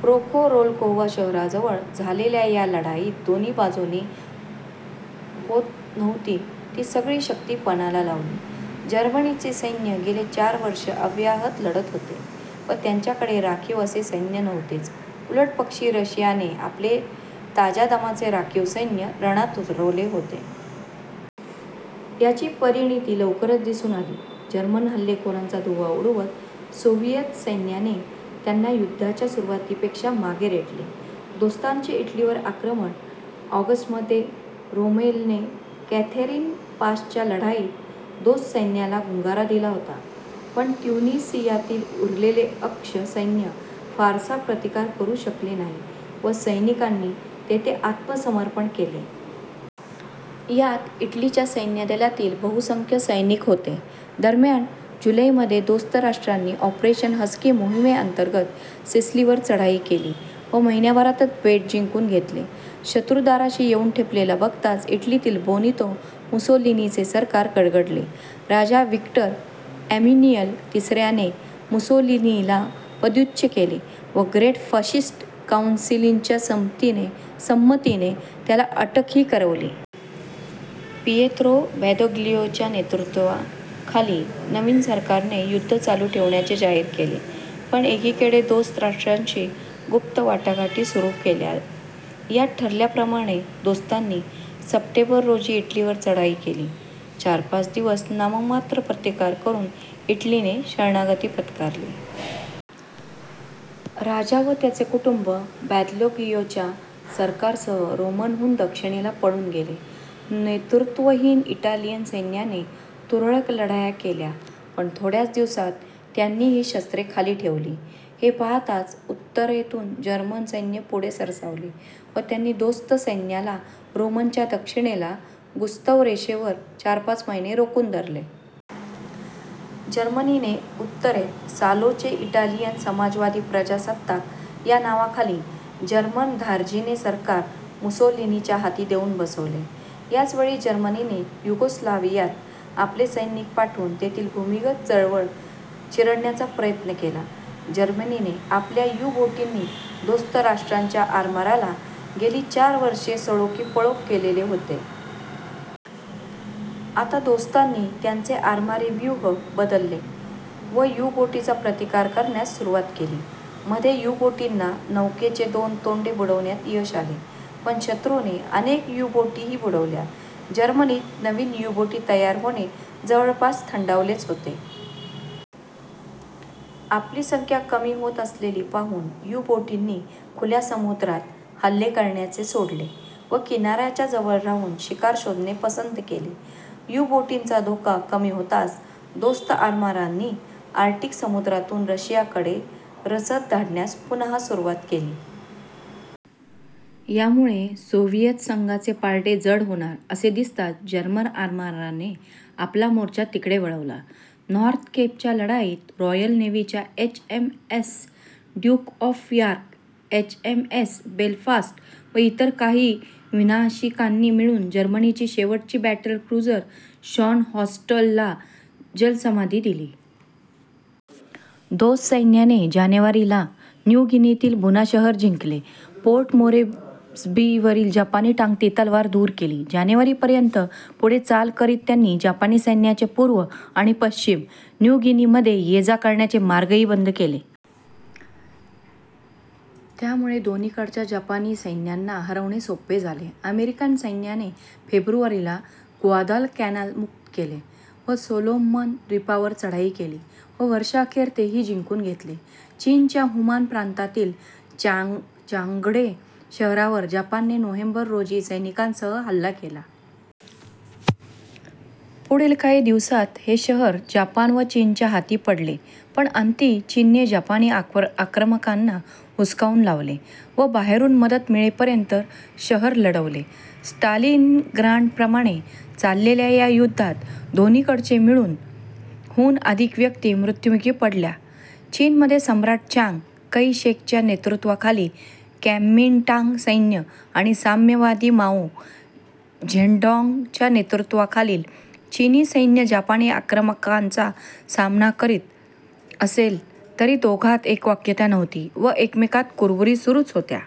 Prokhorovka शहराजवळ झालेल्या या लढाईत दोन्ही बाजूंनी होतीनव्हती ती सगळी शक्ती पणाला लावली. जर्मनीचे सैन्य गेली चार वर्षे अव्याहत लढत होते व त्यांच्याकडे राखीव असे सैन्य नव्हतेच. उलटपक्षी रशियाने आपले ताज्या दमाचे राखीव सैन्य रणात उतरवले होते. याची परिणती लवकरच दिसून आली. जर्मन हल्लेखोरांचा धुव्वा उडवत सोव्हिएत सैन्याने त्यांना युद्धाच्या सुरुवातीपेक्षा मागे रेटले. दोस्तांचे इटलीवर आक्रमण ऑगस्ट मध्ये रोमेलने कॅथेरीन पासच्या लढाईत दोस्त सैन्याला गुंगारा दिला होता पण ट्युनिसियातील उरलेले अक्ष सैन्य फारसा प्रतिकार करू शकले नाही व सैनिकांनी तेथे आत्मसमर्पण केले. यात इटलीच्या सैन्यदलातील बहुसंख्य सैनिक होते. दरम्यान जुलैमध्ये दोस्त राष्ट्रांनी ऑपरेशन हस्की मोहीमेंतर्गत सिसिलीवर चढाई केली व महिन्याभरात बेट जिंकून घेतले. शत्रु दाराशी येऊन ठेपलेला बघताच इटलीतील बेनितो मुसोलिनीचे सरकार गडगडले. राजा व्हिक्टर इम्मॅन्युएल तिसऱ्याने मुसोलिनीला पदच्युत केले व ग्रेट फाशिस्ट काउन्सिलच्या संमतीने त्याला अटकही करवली. पीयेत्रो बॅदोग्लियोच्या नेतृत्वाखालील नवीन सरकारने युद्ध चालू ठेवण्याचे जाहीर केले पण एकीकडे दोस्त राष्ट्रांशी गुप्त वाटाघाटी सुरू केल्या. यात ठरल्याप्रमाणे दोस्तांनी सप्टेंबर रोजी इटलीवर चढाई केली. चार-पाच दिवस नाममात्र प्रतिकार करून इटलीने शरणागती पत्करली. राजा व त्याचे कुटुंब बॅदोग्लियोच्या सरकारसह रोमहून दक्षिणेला पळून गेले. नेतृत्वहीन इटालियन सैन्याने तुरळक लढाया केल्या पण थोड्याच दिवसांत त्यांनीही शस्त्रे खाली ठेवली. हे पाहताच उत्तरेतून जर्मन सैन्य पुढे सरसावले व त्यांनी दोस्त सैन्याला रोमच्या दक्षिणेला गुस्ताव रेषेवर चार-पाच महिने रोखून धरले. जर्मनीने उत्तरेत सालोचे इटालियन समाजवादी प्रजासत्ताक या नावाखाली जर्मनधार्जिणे सरकार मुसोलिनीच्या हाती देऊन बसवले. याचवेळी जर्मनीने युगोस्लाव्हियात आपले सैनिक पाठवून तेथील भूमिगत चळवळ चिरडण्याचा प्रयत्न केला. जर्मनीने आपल्या यु-बोटींनी दोस्त राष्ट्रांच्या आरमाराला गेली चार वर्षे सळो की पळो केलेले होते. आता दोस्तांनी त्यांचे आरमारी व्यूह बदलले व यु-बोटींचा प्रतिकार करण्यास सुरुवात केली. मध्ये यु-बोटींना नौकांचे दोन तांडे बुडवण्यात यश आले पण शत्रूने अनेक यु-बोटीही बुडवल्या. जर्मनीत नवीन यु-बोटी तयार होणे जवळजवळ थंडावलेच होते. आपली संख्या कमी होत असलेली पाहून यु-बोटींनी खुल्या समुद्रात हल्ले करण्याचे सोडले व किनाराऱ्याच्या जवळ राहून शिकार शोधणे पसंत केले. यु-बोटींचा धोका कमी होताच दोस्त आरमारांनी आर्क्टिक समुद्रातून रशियाकडे रसद धाडण्यास पुनः सुरुवात केली. यामुळे सोव्हिएत संघाचे पारडे जड होणार असे दिसताच जर्मन आरमाराने आपला मोर्चा तिकडे वळवला. नॉर्थ केपच्या लढाईत रॉयल नेव्हीच्या H. M. S. Duke of York, H. M. S. Belfast व इतर काही विनाशिकांनी मिळून जर्मनीची शेवटची बॅटल क्रुझर शार्नहॉर्स्टला जलसमाधि दिली. दोस्त सैन्याने जानेवारी ला न्यू गिनीतील बुना शहर जिंकले व पोर्ट मोरेस्बीवरील जपानी टांगती तलवार दूर केली. जानेवारी पर्यंत पुढे चाल करीत त्यांनी जपानी सैन्याचे पूर्व आणि पश्चिम न्यू गिनीमध्ये ये-जा करण्याचे मार्गही बंद केले. त्यामुळे दोन्हीकडच्या जपानी सैन्यांना हरवणे सोपे झाले. अमेरिकन सैन्याने फेब्रुवारी ला ग्वादालकॅनाल मुक्त केले व सोलोमन द्वीपांवर चढाई केली व वर्षअखेर तेही जिंकून घेतले. चीनच्या हुनान प्रांतातील चांग्डे शहरावर जपानने नोव्हेंबर, रोजी सैनिकांसह हल्ला केला. पुढील काही दिवसांत हे शहर जपान व चीनच्या हाती पडले पण अंती चीनने जपानी आक्रमकांना हुसकावून लावले व बाहेरून मदत मिळेपर्यंत शहर लढवले. स्टालिनग्राडप्रमाणे चाललेल्या या युद्धात दोन्हीकडचे मिळून, हून अधिक व्यक्ती मृत्युमुखी पडल्या चीनमध्ये सम्राट च्यांग कै-शेकच्या नेतृत्वाखालील कॉमिन्टांग सैन्य आणि साम्यवादी माओ झेडॉॅंगच्या नेतृत्वाखालील चीनी सैन्य जपानी आक्रमणाचा सामना करीत असले तरी दोघांत एकवाक्यता नव्हती व एकमेकांत कुरबुरी सुरूच होत्या.